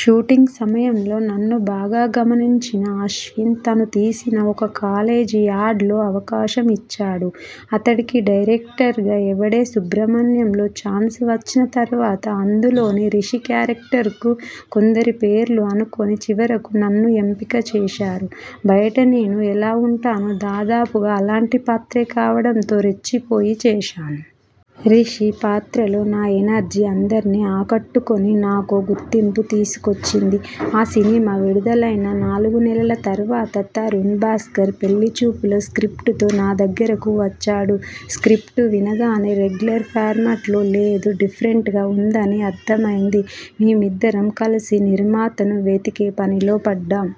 Shooting సమయంలో నన్ను బాగా గమనించిన అశ్విన్ తను తీసిన ఒక కాలేజీ యాడ్లో అవకాశం ఇచ్చాడు. అతడికి డైరెక్టర్గా 'ఎవడే సుబ్రమణ్యం'లో ఛాన్స్ వచ్చిన తర్వాత అందులోని రిషి క్యారెక్టర్కు కొందరి పేర్లు అనుకుని చివరకు నన్ను ఎంపిక చేశారు. బయట నేను ఎలా ఉంటానో దాదాపుగా అలాంటి పాత్రే కావడంతో రెచ్చిపోయి చేశాను. 'రిషి' పాత్రలో నా ఎనర్జీ అందర్నీ ఆకట్టుకుని నాకో గుర్తింపు తీసుకొచ్చింది. ఆ సినిమా విడుదలైన నాలుగు నెలల తర్వాత తరుణ్ భాస్కర్ 'పెళ్లిచూపులు' స్ర్కిప్టుతో నా దగ్గరకు వచ్చాడు. స్ర్కిప్టు వినగానే రెగ్యులర్ ఫార్మాట్లో లేదు, డిఫరెంట్గా ఉందని అర్థమయ్యింది. మేమిద్దరం కలిసి నిర్మాతను వెతికే పనిలో పడ్డాం.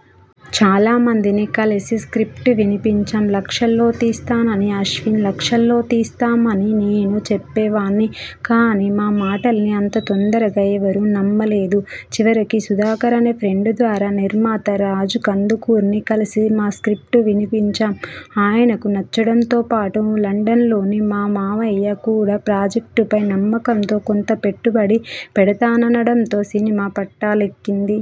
చాలామందిని కలిసి స్ర్కిప్టు వినిపించాం. లక్షల్లో తీస్తానని అశ్విన్, లక్షల్లో తీస్తామని నేను చెప్పేవాణ్ణి. కానీ మా మాటల్ని అంత తొందరగా ఎవరూ నమ్మలేదు. చివరికి సుధాకర్ అనే ఫ్రెండ్ ద్వారా నిర్మాత రాజ్ కందుకూరిని కలిసి మా స్ర్కిప్టు వినిపించాం. ఆయనకు నచ్చడంతో పాటు లండన్లోని మా మావయ్య కూడా ప్రాజెక్టుపై నమ్మకంతో కొంత పెట్టుబడి పెడతాననడంతో సినిమా పట్టాలెక్కింది.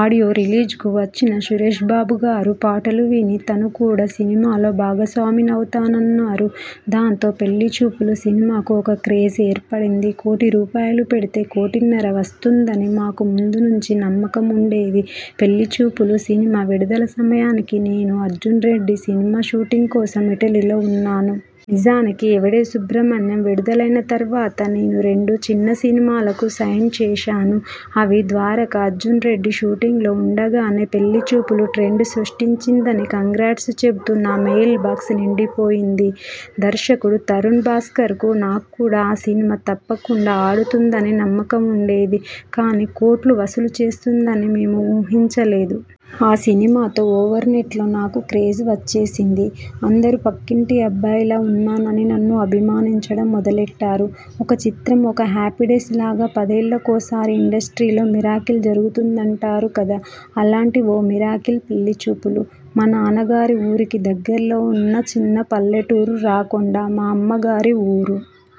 ఆడియో రిలీజ్కు వచ్చిన సురేష్బాబుగారు పాటలు విని తను కూడా సినిమాలో భాగస్వామిని అవుతానన్నారు. దాంతో 'పెళ్లిచూపులు' సినిమాకు ఒక క్రేజ్ ఏర్పడింది. కోటి రూపాయలు పెడితే కోటిన్నర వస్తుందని మాకు ముందు నుంచి నమ్మకం ఉండేది. 'పెళ్లిచూపులు' సినిమా విడుదల సమయానికి నేను 'అర్జున్రెడ్డి' సినిమా షూటింగ్ కోసం ఇటలీలో ఉన్నాను. నిజానికి 'ఎవడే సుబ్రమణ్యం' విడుదలైన తర్వాత నేను రెండు చిన్న సినిమాలకు సైన్ చేశాను. అవి 'ద్వారక', 'అర్జున్రెడ్డి'. షూటింగ్లో ఉండగానే 'పెళ్లిచూపులు' ట్రెండ్ సృష్టించిందని 'కంగ్రాట్స్' చెబుతూ నా మెయిల్బాక్స్ నిండిపోయింది. దర్శకుడు తరుణ్ భాస్కర్కు నాకు కూడా ఆ సినిమా తప్పకుండా ఆడుతుందని నమ్మకం ఉండేది కానీ కోట్లు వసూలు చేస్తుందని మేము ఊహించలేదు. ఆ సినిమాతో ఓవర్నైట్లో నాకు క్రేజ్ వచ్చేసింది. అందరూ పక్కింటి అబ్బాయిలా ఉన్నానని నన్ను అభిమానించడం మొదలెట్టారు. ఒక 'చిత్రం', ఒక 'హ్యాపీడేస్'లాగా పదేళ్లకోసారి ఇండస్ట్రీలో మిరాకిల్ జరుగుతుందంటారు కదా అలాంటి ఓ మిరాకిల్ 'పెళ్లిచూపులు'. మా నాన్నగారి ఊరికి దగ్గర్లో ఉన్న చిన్న పల్లెటూరు 'రాకొండ' మా అమ్మగారి ఊరు.